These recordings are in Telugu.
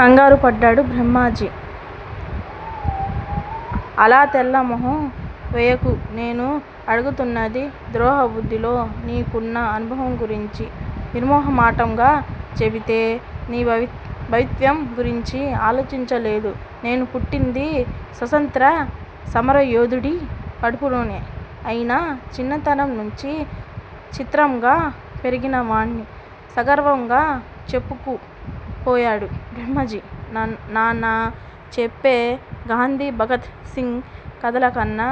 కంగారుపడ్డాడు బ్రహ్మాజీ. అలాతెల్లమొహంవేయకు నేను అడుగుతున్నది ద్రోహ బుద్దిలో నీకున్న అనుభవంగురించి నిర్మొహమాటంగాచెబితే నీభవితభవిత్యం గురించి ఆలోచించలేదు నేనుపుట్టింది స్వసంత్ర్యసమరయోధుడి కడుపులోనే అయినా చిన్నతనంనుంచి చిత్రంగా పెరిగినవాడ్ని సగర్వంగా చెప్పుకు పోయాడు బ్రహ్మాజీ, నన్నా చెప్పే గాంధిభగత్ సింగ్ కథలకన్నా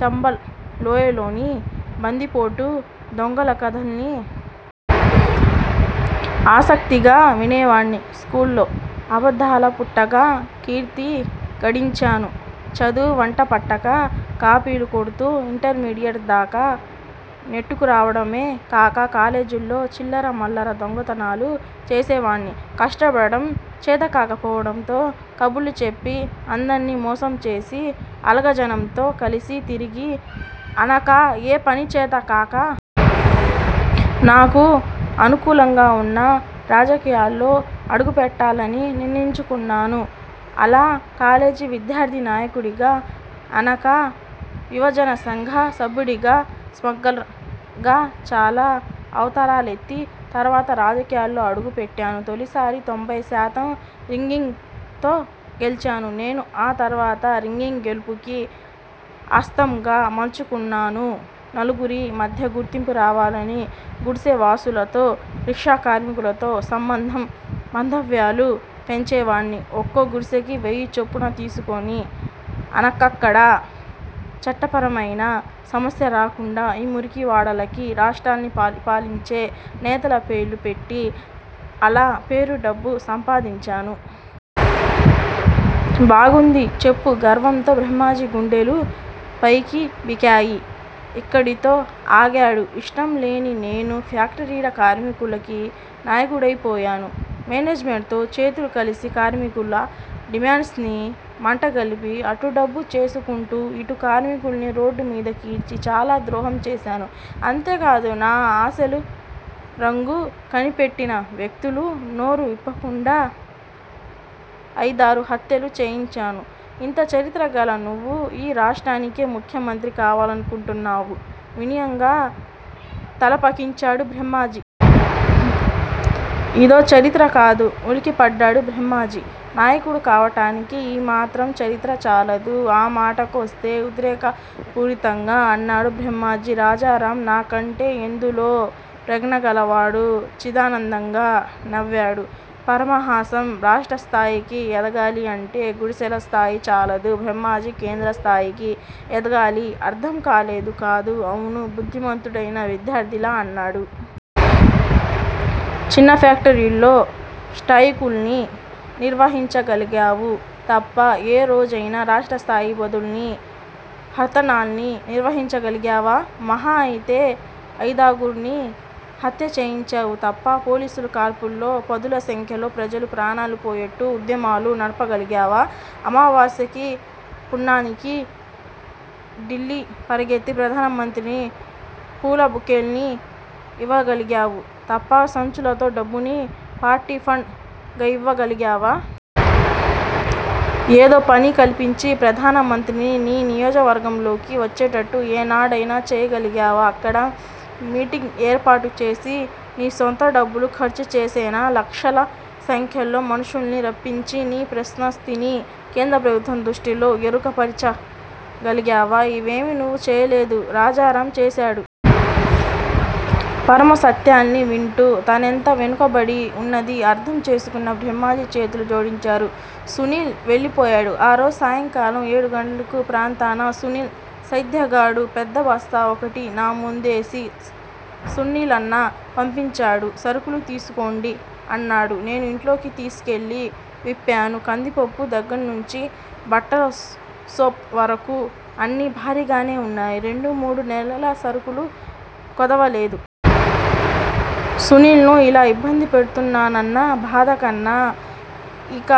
చంబల్ లోయలోని బందిపోటు దొంగలకథల్ని ఆసక్తిగా వినేవాడ్ని స్కూల్లో అబద్దాల పుట్టగా కీర్తి గడించాను చదువువంటపట్టక కాపీలు కొడుతూ ఇంటర్ మీడియెట్ దాకా నెట్టుకురావడమే కాక కాలేజీల్లో చిల్లరమల్లర దొంగతనాలూ చేసేవాడ్ని కష్టపడడం చేతకాకపోవడంతో కబుర్లు చెప్పి అందర్నీ మోసం చేసి అలగాజనంతో కలిసి తిరిగి అనక ఏ పనిచేత కాక నాకు అనుకూలంగావున్న రాజకీయాల్లో అడుగు పెట్టాలని నిర్ణయించుకున్నాను అలా కాలేజీ విద్యార్ధినాయకుడిగా అనక యువజనసంఘ సభ్యుడిగా స్మగ్లర్ గా చాలా అవతారాలెత్తి, తర్వాత రాజకీయాల్లో అడుగు పెట్టాను తొలిసారి తొంభైశాతం రింగ్గింగ్ తో గెలిచాను .నేను ఆ తర్వాత రిమ్ గ్గింగ్ గెలుపుకి అస్త్రంగా మలచుకున్నాను, నలుగురి మధ్యగుర్తింపు రావాలని గుడిసెవాసులతో, రిక్షా కార్మికులతో సంబంధ బాంధవ్యాలు పెంచేవాడ్ని ఒక్కో గుడిసెకి వెయ్యి చొప్పున తీసుకుని ఆనకక్కడ చట్టపరమైన సమస్య రాకుండా ఆ మురికివాడలకి రాష్ట్రాల్నిపాలించే నేతలపేర్లు పెట్టి అలా పేరూడబ్బూ సంపాదించాను. బాగుంది చెప్పు గర్వంతో బ్రహ్మాజీగుండెలు పైకిబికాయి ఇక్కడితో ఆగాడు యిష్టంలేనినేను ఫ్యాక్టరీల కార్మికులకి నాయకుడయిపోయాను మేనేజ్ మెంట్ తో చేతులు కలిసికార్మికుల డిమాండ్స్ ని మంటగలిపి అటుడబ్బు చేసుకుంటూ ఇటు కార్మికుల్ని రోడ్డుమీదకి ఈడ్చి చాలా ద్రోహం చేశాను. అంతేకాదు, నా అసలు రంగు కనిపెట్టినవ్యక్తులు నోరు విప్పకుండా అయిదారు హత్యలూచేయించాను ఇంతచరిత్ర గల నువ్వు యీ రాష్ట్రానికే ముఖ్యమంత్రి కావాలనుకుంటున్నావు వినయంగా తలపకించాడు బ్రహ్మాజీ. ఇదోచరిత్ర కాదు ఉలికిపడ్డాడు బ్రహ్మాజీ నాయకుడుకావటానికి యీ మాత్రంచరిత్ర చాలదు, ఆమాటకొస్తే ఉద్రేకపూరితంగా అన్నాడు బ్రహ్మాజీ రాజారాం నాకంటే ఎందులో ప్రజ్ఞ గలవాడు చిదానందంగా నవ్వాడు పరమహసం రాష్ట్రస్థాయికి ఎదగాలి అంటే గుడిసెల స్థాయిచాలదు బ్రహ్మాజీ కేంద్రస్థాయికి ఎదగాలి. అర్ధం కాలేదు కాదూ అవును బుద్దిమంతుడైన విద్యార్ధిలా అన్నాడు. చిన్న ఫేక్టరీల్లో స్ట్రయికుల్ని నిర్వహించగలిగావు తప్ప ఏ రోజయినా రాష్ట్రస్థాయి బదుల్నీ, హర్తానా ళ్ళని నిర్వహించగలిగావా మహా అయితే అయిదారుగుర్ని హత్యచేయించావు తప్ప పోలీసులు కాల్పుల్లో పదుల సంఖ్యలో ప్రజల ప్రాణాలు పోయేట్టు ఉద్యమాలు నడపగలిగావా? అమావాస్యకి పున్నానికి ఢిల్లీ పరిగెత్తి ప్రధానమంత్రికి పూలబొకేల్ని యివ్వగలిగావు తప్ప సంచులతో డబ్బుని పార్టీ ఫండ్ గాయివ్వగలిగావా? ఏదో పని కల్పించి ప్రధాన మంత్రిని నీ నియోజకవర్గంలోకి వచ్చేట ట్టు ఏనాడైనా చేయగలిగావా అక్కడ మీటింగ్ ఏర్పాటు చేసి నీ సొంత డబ్బులు ఖర్చుచేసైనా లక్షల సంఖ్యలో మనుష్యుల్ని రప్పించి నీ ప్రశ్నస్థిని కేంద్రప్రభుత్వ దృష్టిలో ఎరుక పరచగలిగావా ఇవేమీ నువ్వు చెయ్యలేదు. రాజారాం చేశాడు. పరమసత్యాల్ని వింటూ తానెంత వెనుకబడి వున్నదీఅర్ధం చేసుకున్న బ్రహ్మాజీ చేతులు జోడించారు. సునీల్ వెళ్ళిపోయాడు. ఆరోజు సాయంకాలం ఏడుగంటకు ప్రాంతాన సునీల్ సేద్యగాడు పెద్దబస్తా ఒకటి నాముందేసి సు సునీలన్న పంపించాడు సరుకులు తీసుకోండి అన్నాడు. నేను ఇంట్లోకి తీసుకెళ్ళి విప్పాను. కందిపప్పు దగ్గర్నుంచి, బట్టల సోప్ వరకు అన్నీ భారీగానే వున్నాయి రెండు మూడు నెలల సరుకులు కొదవలేదు. సునీల్ ను ఇలా ఇబ్బంది పెడుతున్నానన్న బాధ కన్నా ఇక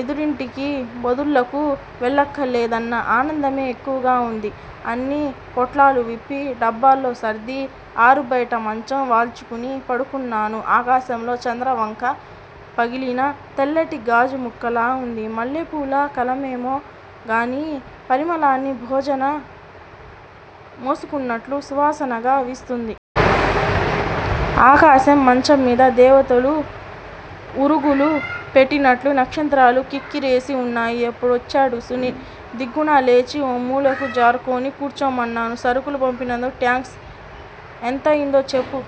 ఎదురింటికి బదుళ్ళకు వెళ్ళక్కరలేదన్న ఆనందమే ఎక్కువగా వుంది. అన్ని పొట్లాలు విప్పి, డబ్బాల్లో సర్ది ఆరుబయట మంచం వాల్చుకుని పడుకున్నాను. ఆకాశంలో చంద్రవంక పగిలిన తెల్లటిగాజు ముక్కలా వుంది. మల్లెపూల కలమేమో గాని పరిమళాన్ని భోజన మోసుకొస్తున్నట్లు సువాసనగా వీస్తోంది. ఆకాశం మంచంమీద దేవతలు వురుగులు పెట్టినట్లు నక్షత్రాలు క్రిక్కిరిసి వున్నాయి. అప్పుడొచ్చాడు సునీల్, దిగ్గునలేచి ఓమూలకు జరుక్కొని కూర్చోమన్నాను. సరుకులు పంపినందుకు థ్యాంక్స్ ఎంతయిందో చెప్పు